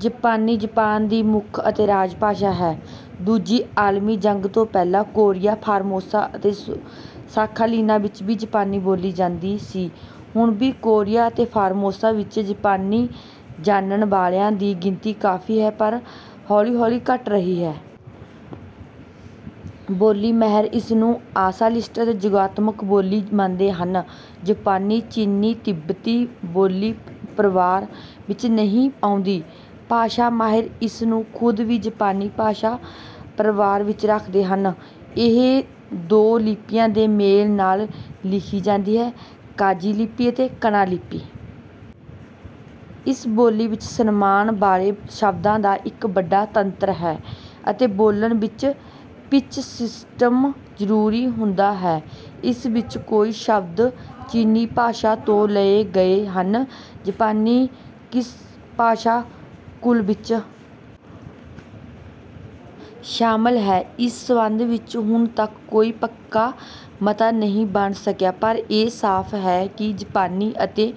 ਜਪਾਨੀ ਜਪਾਨ ਦੀ ਮੁੱਖ ਅਤੇ ਰਾਜਭਾਸ਼ਾ ਹੈ। ਦੂਜੀ ਆਲਮੀ ਜੰਗ ਤੋਂ ਪਹਿਲਾਂ ਕੋਰੀਆ, ਫਾਰਮੋਸਾ ਅਤੇ ਸਖਾਲਿਨ ਵਿੱਚ ਵੀ ਜਾਪਾਨੀ ਬੋਲੀ ਜਾਂਦੀ ਸੀ। ਹੁਣ ਵੀ ਕੋਰੀਆ ਅਤੇ ਫਾਰਮੋਸਾ ਵਿੱਚ ਜਾਪਾਨੀ ਜਾਨਣ ਵਾਲਿਆਂ ਦੀ ਗਿਣਤੀ ਕਾਫ਼ੀ ਹੈ ਪਰ ਹੌਲੀ-ਹੌਲੀ ਘੱਟ ਰਹੀ ਹੈ। ਬੋਲੀ ਮਾਹਿਰ ਇਸਨੂੰ ਅਸ਼ਲਿਸ਼ਟ-ਯੋਗਾਤਮਕ ਬੋਲੀ ਮੰਨਦੇ ਹਨ। ਜਾਪਾਨੀ ਚੀਨੀ-ਤਿੱਬਤੀ ਬੋਲੀ-ਪਰਵਾਰ ਵਿੱਚ ਨਹੀਂ ਆਉਂਦੀ। ਭਾਸ਼ਾ ਮਾਹਿਰ ਇਸਨੂੰ ਖ਼ੁਦ ਵੀ ਜਾਪਾਨੀ ਭਾਸ਼ਾ-ਪਰਵਾਰ ਵਿੱਚ ਰੱਖਦੇ ਹਨ। ਇਹ ਦੋ ਲਿਪੀਆਂ ਦੇ ਮੇਲ ਨਾਲ ਲਿਖੀ ਜਾਂਦੀ ਹੈ। ਕਾਂਜੀ ਲਿਪੀ ਅਤੇ ਕਾਣਾ ਲਿਪੀ। ਇਸ ਬੋਲੀ ਵਿੱਚ ਸਨਮਾਨ ਵਾਲੇ ਸ਼ਬਦਾਂ ਦਾ ਇੱਕ ਵੱਡਾ ਤੰਤਰ ਹੈ ਅਤੇ ਬੋਲਣ ਵਿੱਚ ਪਿਚ-ਸਿਸਟਮ ਜ਼ਰੂਰੀ ਹੁੰਦਾ ਹੈ। ਇਸ ਵਿੱਚ ਕਈ ਸ਼ਬਦ ਚੀਨੀ ਭਾਸ਼ਾ ਤੋਂ ਲਏ ਗਏ ਹਨ। ਜਾਪਾਨੀ ਕਿਸ ਭਾਸ਼ਾ ਕੁਲ ਵਿੱਚ ਸ਼ਾਮਲ ਹੈ ਇਸ ਸਬੰਧ ਵਿੱਚ ਹੁਣ ਤੱਕ ਕੋਈ ਪੱਕਾ ਮਤ ਨਹੀਂ ਬਣ ਸਕਿਆ ਪਰ ਇਹ ਸਾਫ਼ ਹੈ ਕਿ ਜਾਪਾਨੀ ਅਤੇ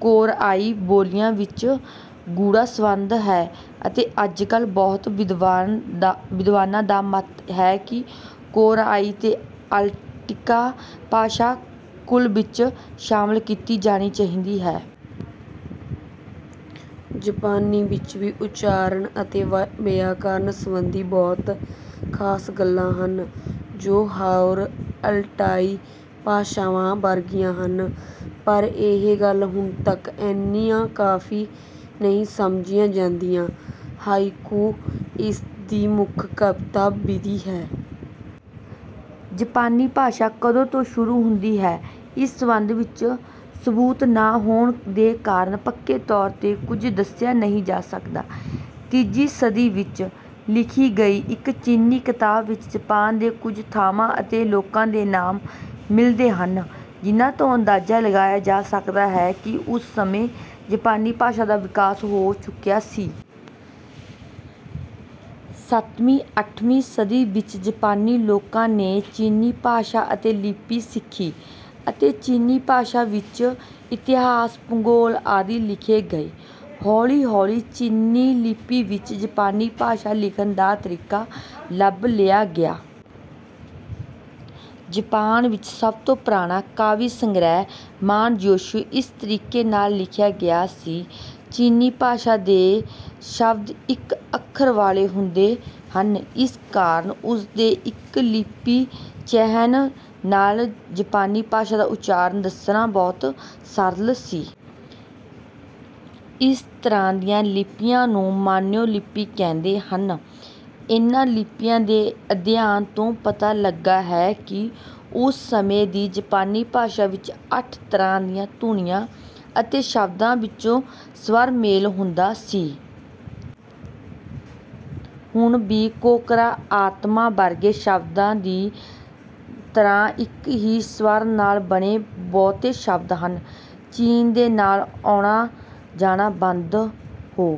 ਕੋਰੀਆਈ ਬੋਲੀਆਂ ਵਿੱਚ ਗੂੜ੍ਹਾ ਸਬੰਧ ਹੈ ਅਤੇ ਅੱਜਕੱਲ੍ਹ ਬਹੁਤ ਵਿਦਵਾਨਾਂ ਦਾ ਮਤ ਹੈ ਕਿ ਕੋਰੀਆਈ ਅਲਟਾਇਕ ਭਾਸ਼ਾ ਕੁਲ ਵਿੱਚ ਸ਼ਾਮਲ ਕੀਤੀ ਜਾਣੀ ਚਾਹੀਦੀ ਹੈ। ਜਾਪਾਨੀ ਵਿੱਚ ਵੀ ਉੱਚਾਰਣ ਅਤੇ ਵਿਆਕਰਨ ਸੰਬੰਧੀ ਬਹੁਤ ਖ਼ਾਸ ਗੱਲਾਂ ਹਨ ਜੋ ਹੋਰ ਅਲਟਾਇ ਭਾਸ਼ਾਵਾਂ ਵਰਗੀਆਂ ਹਨ ਪਰ ਇਹ ਗੱਲਾਂ ਹੁਣ ਤੱਕ ਇੰਨੀਆਂ ਕਾਫ਼ੀ ਨਹੀਂ ਸਮਝੀਆਂ ਜਾਂਦੀਆਂ। ਹਾਇਕੂ ਇਸ ਦੀ ਮੁੱਖ ਕਵਿਤਾ ਵਿਧਾ ਹੈ। ਜਾਪਾਨੀ ਭਾਸ਼ਾ ਕਦੋਂ ਤੋਂ ਸ਼ੁਰੂ ਹੁੰਦੀ ਹੈ ਇਸ ਸਬੰਧ ਵਿੱਚ ਸਬੂਤ ਨਾ ਹੋਣ ਦੇ ਕਾਰਨ ਪੱਕੇ ਤੌਰ ਤੇ ਕੁੱਝ ਦੱਸਿਆ ਨਹੀਂ ਜਾ ਸਕਦਾ। ਤੀਜੀ ਸਦੀ ਵਿੱਚ ਲਿਖੀ ਗਈ ਇੱਕ ਚੀਨੀ ਕਿਤਾਬ ਵਿੱਚ ਜਾਪਾਨ ਦੇ ਕੁੱਝ ਥਾਵਾਂ ਅਤੇ ਲੋਕਾਂ ਦੇ ਨਾਮ ਮਿਲਦੇ ਹਨ ਜਿਹਨਾਂ ਤੋਂ ਅੰਦਾਜ਼ਾ ਲਗਾਇਆ ਜਾ ਸਕਦਾ ਹੈ ਕਿ ਉਸ ਸਮੇਂ ਜਾਪਾਨੀ ਭਾਸ਼ਾ ਦਾ ਵਿਕਾਸ ਹੋ ਚੁੱਕਿਆ ਸੀ। ਸੱਤਵੀਂ ਅੱਠਵੀਂ ਸਦੀ ਵਿੱਚ ਜਾਪਾਨੀ ਲੋਕਾਂ ਨੇ ਚੀਨੀ ਭਾਸ਼ਾ ਅਤੇ ਲਿਪੀ ਸਿੱਖੀ ਅਤੇ ਚੀਨੀ ਭਾਸ਼ਾ ਵਿੱਚ ਇਤਹਾਸ, ਭੂਗੋਲ ਆਦਿ ਲਿਖੇ ਗਏ। ਹੌਲੀ-ਹੌਲੀ ਚੀਨੀ ਲਿਪੀ ਵਿੱਚ ਜਾਪਾਨੀ ਭਾਸ਼ਾ ਲਿਖਣ ਦਾ ਤਰੀਕਾ ਲੱਭ ਲਿਆ ਗਿਆ। ਜਾਪਾਨ ਵਿੱਚ ਸਭ ਤੋਂ ਪੁਰਾਣਾ ਕਾਵਿ-ਸੰਗ੍ਰਿਹ ਮਾਨਯੋਸ਼ਿਊ ਇਸ ਤਰੀਕੇ ਨਾਲ ਲਿਖਿਆ ਗਿਆ ਸੀ। ਚੀਨੀ ਭਾਸ਼ਾ ਦੇ ਸ਼ਬਦ ਇੱਕ ਅੱਖਰ ਵਾਲੇ ਹੁੰਦੇ ਹਨ। ਇਸ ਕਾਰਨ ਉਸ ਦੇ ਇੱਕ ਲਿਪੀ ਚਿਹਨ ਨਾਲ ਜਾਪਾਨੀ ਭਾਸ਼ਾ ਦਾ ਉੱਚਾਰਣ ਦੱਸਣਾ ਬਹੁਤ ਸਰਲ ਸੀ। ਇਸ ਤਰ੍ਹਾਂ ਦੀਆਂ ਲਿਪੀਆਂ ਨੂੰ ਮਾਨਿਯੋ ਲਿਪੀ ਕਹਿੰਦੇ ਹਨ। ਇਨ੍ਹਾਂ ਲਿਪੀਆਂ ਦੇ ਅਧਿਅਨ ਤੋਂ ਪਤਾ ਲੱਗਾ ਹੈ ਕਿ ਉਸ ਸਮੇਂ ਦੀ ਜਾਪਾਨੀ ਭਾਸ਼ਾ ਵਿੱਚ ਅੱਠ ਤਰ੍ਹਾਂ ਦੀਆਂ ਧੁਨੀਆਂ ਅਤੇ ਸ਼ਬਦਾਂ ਵਿੱਚ ਸਵਰ ਮੇਲ ਹੁੰਦਾ ਸੀ। ਹੁਣ ਵੀ ਕੋਕੋਰੋ, ਅਤਾਮਾ ਵਰਗੇ ਸ਼ਬਦਾਂ ਦੀ ਤਰ੍ਹਾਂ ਇੱਕ ਹੀ ਸਵਰ ਨਾਲ ਬਣੇ ਬਹੁਤ ਸ਼ਬਦ ਹਨ। ਚੀਨ ਦੇ ਨਾਲ ਆਉਣ ਜਾਣ ਬੰਦ ਹੋ